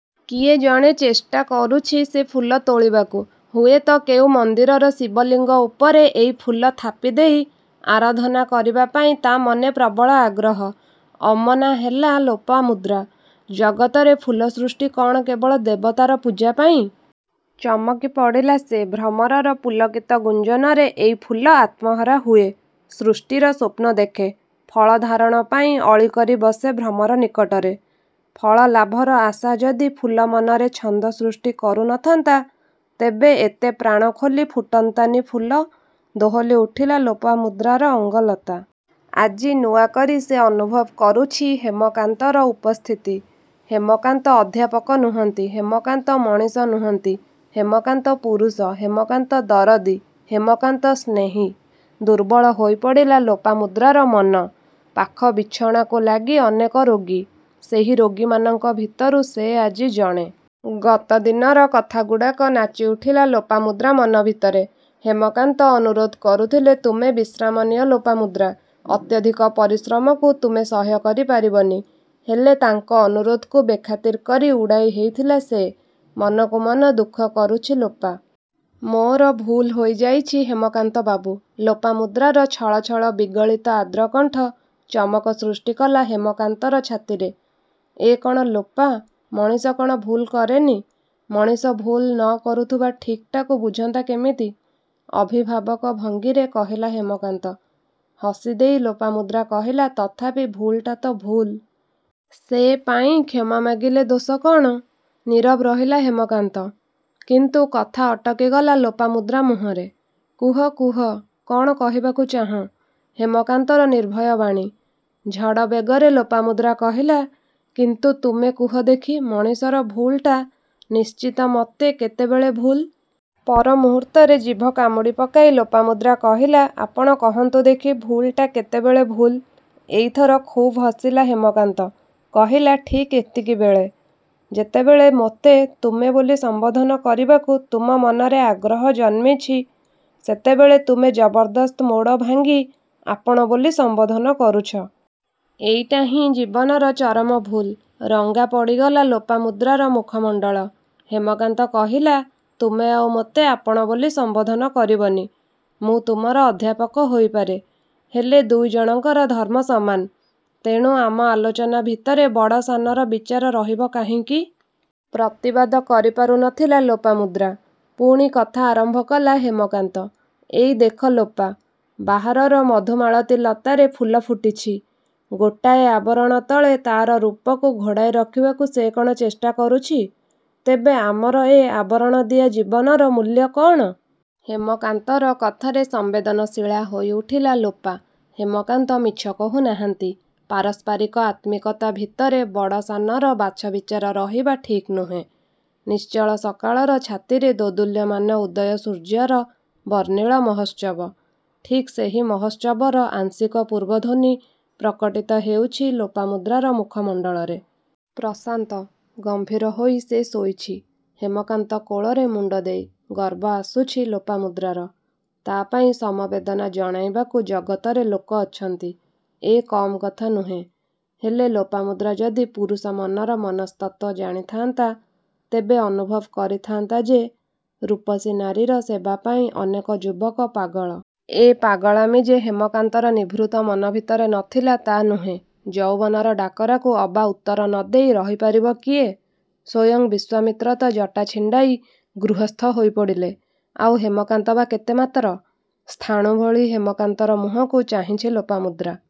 କିଏ ଜଣେ ଚେଷ୍ଟାକରୁଛି ସେ ଫୁଲ ତୋଳିବାକୁ। ହୁଏତ କେଉଁ ମନ୍ଦିରର ଶିବଲିଙ୍ଗ ଉପରେ ଏଇ ଫୁଲ ଥାପି ଦେଇ ଆରାଧନା କରିବା ପାଇଁ ତା' ମନେ ପ୍ରବଳ ଆଗ୍ରହ। ଅମନା ହେଲା ଲୋପାମୁଦ୍ରା। ଜଗତରେ ଫୁଲ ସୃଷ୍ଟି କ'ଣ କେବଳ ଦେବତାର ପୂଜା ପାଇଁ? ଚମକି ପଡ଼ିଲା ସେ। ଭ୍ରମରର ପୁଲକିତ ଗୁଞ୍ଜନରେ ଏଇ ଫୁଲ ଆତ୍ମହରା ହୁଏ। ସୃଷ୍ଟିର ସ୍ୱପ୍ନ ଦେଖେ। ଫଳ ଧାରଣ ପାଇଁ ଅଳିକରି ବସେ ଭ୍ରମର ନିକଟରେ। ଫଳଲାଭର ଆଶା ଯଦି ଫୁଲ ମନରେ ଛନ୍ଦ ସୃଷ୍ଟି କରୁ ନ ଥାନ୍ତା.. ତେବେ ଏତେ ପ୍ରାଣ ଖୋଲି ଫୁଟନ୍ତାନି ଫୁଲ ଦୋହଲି ଉଠିଲା ଲୋପାମୁଦ୍ରାର ଅଙ୍ଗଲତା। ଆଜି ନୂଆକରି ସେ ଅନୁଭବ କରୁଛି ହେମକାନ୍ତର ଉପସ୍ଥିତି। ହେମକାନ୍ତ ଅଧ୍ୟାପକ ନୁହଁନ୍ତି, ହେମକାନ୍ତ ମଣିଷ ନୁହଁନ୍ତି, ହେମକାନ୍ତ ପୁରୁଷ, ହେମକାନ୍ତ ଦରଦୀ, ହେମକାନ୍ତ ସ୍ନେହୀ। ଦୁର୍ବଳ ହୋଇପଡ଼ିଲା ଲୋପାମୁଦ୍ରାର ମନ। ପାଖ ବିଛଣାକୁ ଲାଗି ଅନେକ ରୋଗୀ। ସେହି ରୋଗୀମାନଙ୍କ ଭିତରୁ ସେ ଆଜି ଜଣେ। ଗତ ଦିନର କଥାଗୁଡ଼ାକ ନାଚିଉଠିଲା ଲୋପାମୁଦ୍ରା ମନ ଭିତରେ। ହେମକାନ୍ତ ଅନୁରୋଧ କରୁଥିଲେ-''ତୁମେ ବିଶ୍ରାମ ନିଅ ଲୋପାମୁଦ୍ରା। ଅତ୍ୟଧିକ ପରିଶ୍ରମକୁ ତୁମେ ସହ୍ୟ କରି ପାରିବନି। '' ହେଲେ ତାଙ୍କ ଅନୁରୋଧକୁ ବେଖାତିର କରି ଉଡ଼ାଇ ହେଇଥିଲା ସେ। ମନକୁ ମନ ଦୁଃଖ କରୁଛି ଲୋପା। ''ମୋର ଭୁଲ୍ ହୋଇଯାଇଛି ହେମକାନ୍ତ ବାବୁ। '' ଲୋପାମୁଦ୍ରାର ଛଳ ଛଳ ବିଗଳିତ ଆର୍ଦ୍ରକଣ୍ଠ ଚମକ ସୃଷ୍ଟିକଲା ହେମକାନ୍ତର ଛାତିରେ। ''ଏ କ'ଣ ଲୋପା? ମଣିଷ କ'ଣ ଭୁଲ୍କରେନି, ମଣିଷ ଭୁଲ୍ନ କରୁଥିବା ଠିକ୍ଟାକୁ ବୁଝନ୍ତା କେମିତି! '' ଅଭିଭାବକ ଭଙ୍ଗୀରେ କହିଲା ହେମକାନ୍ତ। ହସି ଦେଇ ଲୋପାମୁଦ୍ରା କହିଲା-''ତଥାପି ଭୁଲ୍ଟା ତ ଭୁଲ୍? ସେ ପାଇଁ କ୍ଷମାମାଗିଲେ ଦୋଷ କ'ଣ? '' ନୀରବ ରହିଲା ହେମକାନ୍ତ ''କିନ୍ତୁ'' କଥା ଅଟକିଗଲା ଲୋପାମୁଦ୍ରା ମୁହଁରେ। ''କୁହ କୁହ କ'ଣ କହିବାକୁ ଚାହଁ। '' ହେମକାନ୍ତର ନିର୍ଭୟ ବାଣୀ। ଝଡ଼ ବେଗରେ ଲୋପାମୁଦ୍ରା କହିଲା-''କିନ୍ତୁ ତୁମେ କୁହ ଦେଖି ମଣିଷର ଭୁଲଟା ନିଶ୍ଚିତମତେ କେତେବେଳେ ଭୁଲ୍। '' ପରମୁହୂର୍ତ୍ତରେ ଜିଭ କାମୁଡ଼ି ପକାଇ ଲୋପାମୁଦ୍ରା କହିଲା-''ଆପଣ କହନ୍ତୁ ଦେଖି ଭୁଲ୍ଟା କେତେବେଳେ ଭୁଲ୍। '' ଏଇଥର ଖୁବ୍ ହସିଲା ହେମକାନ୍ତ। କହିଲା-''ଠିକ୍ ଏତିକିବେଳେ। ଯେତେବେଳେ ମୋତେ 'ତୁମେ' ବୋଲି ସମ୍ବୋଧନ କରିବାକୁ ତୁମ ମନରେ ଆଗ୍ରହ ଜନ୍ମିଛି, ସେତେବେଳେ ତୁମେ ଜବରଦସ୍ତ ମୋଡ଼ ଭାଙ୍ଗି 'ଆପଣ' ବୋଲି ସମ୍ବୋଧନ କରୁଛ। ଏଇଟା ହିଁ ଜୀବନର ଚରମ ଭୁଲ୍। '' ରଙ୍ଗା ପଡ଼ିଗଲା ଲୋପାମୁଦ୍ରାର ମୁଖମଣ୍ତଳ। ହେମକାନ୍ତ କହିଲା-''ତୁମେ ଆଉ ମୋତେ ଆପଣ ବୋଲି ସମ୍ବୋଧନ କରିବନି। ମୁଁ ତୁମର ଅଧ୍ୟାପକ ହୋଇପାରେ। ହେଲେ ଦୁଇ ଜଣଙ୍କର ଧର୍ମ ସମାନ। ତେଣୁ ଆମ ଆଲୋଚନା ଭିତରେ ବଡ଼ ସାନର ବିଚାର ରହିବ କାହିଁକି? '' ପ୍ରତିବାଦ କରିପାରୁ ନ ଥିଲା ଲୋପାମୁଦ୍ରା ପୁଣି କଥା ଆରମ୍ଭ କଲା ହେମକାନ୍ତ-''ଏଇ ଦେଖ ଲୋପା! ବାହାରର ମଧୁମାଳତୀ ଲତାରେ ଫୁଲ ଫୁଟିଛି। ଗୋଟାଏ ଆବରଣ ତଳେ ତା'ର ରୂପକୁ ଘୋଡ଼ାଇ ରଖିବାକୁ ସେ କ'ଣ ଚେଷ୍ଟା କରୁଛି? ତେବେ ଆମର ଏ ଆବରଣଦିଆ ଜୀବନର ମୂଲ୍ୟ କ'ଣ? '' ହେମକାନ୍ତର କଥାରେ ସମ୍ବେଦନଶୀଳା ହୋଇଉଠିଲା ଲୋପା। ହେମକାନ୍ତ ମିଛ କହୁ ନାହାଁନ୍ତି। ପାରସ୍ପାରିକ ଆତ୍ମିକତା ଭିତରେ ବଡ଼ ସାନର ବାଛ ବିଚାର ରହିବା ଠିକ୍ ନୁହେଁ। ନିଶ୍ଚଳ ସକାଳର ଛାତିରେ ଦୋଦୁଲ୍ୟମାନ ଉଦୟ ସୂର୍ଯ୍ୟର ବର୍ଣ୍ଣିଳ ମହୋତ୍ସବ। ଠିକ୍ ସେହି ମହୋତ୍ସବର ଆଂଶିକ ପୂର୍ବଧ୍ୱନି ପ୍ରକଟିତ ହେଉଛି ଲୋପାମୁଦ୍ରାର ମୁଖମଣ୍ଡଳରେ। ପ୍ରଶାନ୍ତ, ଗମ୍ଭୀର ହୋଇ ସେ ଶୋଇଛି-ହେମକାନ୍ତ କୋଳରେ ମୁଣ୍ଡ ଦେଇ। ଗର୍ବ ଆସୁଛି ଲୋପାମୁଦ୍ରାର-। ତା' ପାଇଁ ସମବେଦନା ଜଣାଇବାକୁ ଜଗତରେ ଲୋକ ଅଛନ୍ତି ଏ କମ୍କଥା ନୁହେଁ। ହେଲେ ଲୋପାମୁଦ୍ରା ଯଦି ପୁରୁଷ ମନର ମନସ୍ତତ୍ୱ ଜାଣିଥା'ନ୍ତା.. ତେବେ ଅନୁଭବ କରିଥାନ୍ତା ଯେ ରୂପସୀ ନାରୀର ସେବା ପାଇଁ ଅନେକ ଯୁବକ ପାଗଳ। ଏ ପାଗଳାମୀ ଯେ ହେମକାନ୍ତର ନିଭୃତ ମନ ଭିତରେ ନ ଥିଲା ତା' ନୁହେଁ। ଯୌବନର ଡାକରାକୁ ଅବା ଉତ୍ତର ନ ଦେଇ ରହି ପାରିବ କିଏ? ସ୍ୱୟଂ ବିଶ୍ୱାମିତ୍ର ତ' ଜଟା ଛିଣ୍ଡାଇ ଗୃହସ୍ଥ ହୋଇ ପଡ଼ିଲେ-ଆଉ ହେମକାନ୍ତ ବା କେତେ ମାତର। ସ୍ଥାଣୁ ଭଳି ହେମକାନ୍ତର ମୁହଁକୁ ଚାହିଁଛି ଲୋପାମୁଦ୍ରା।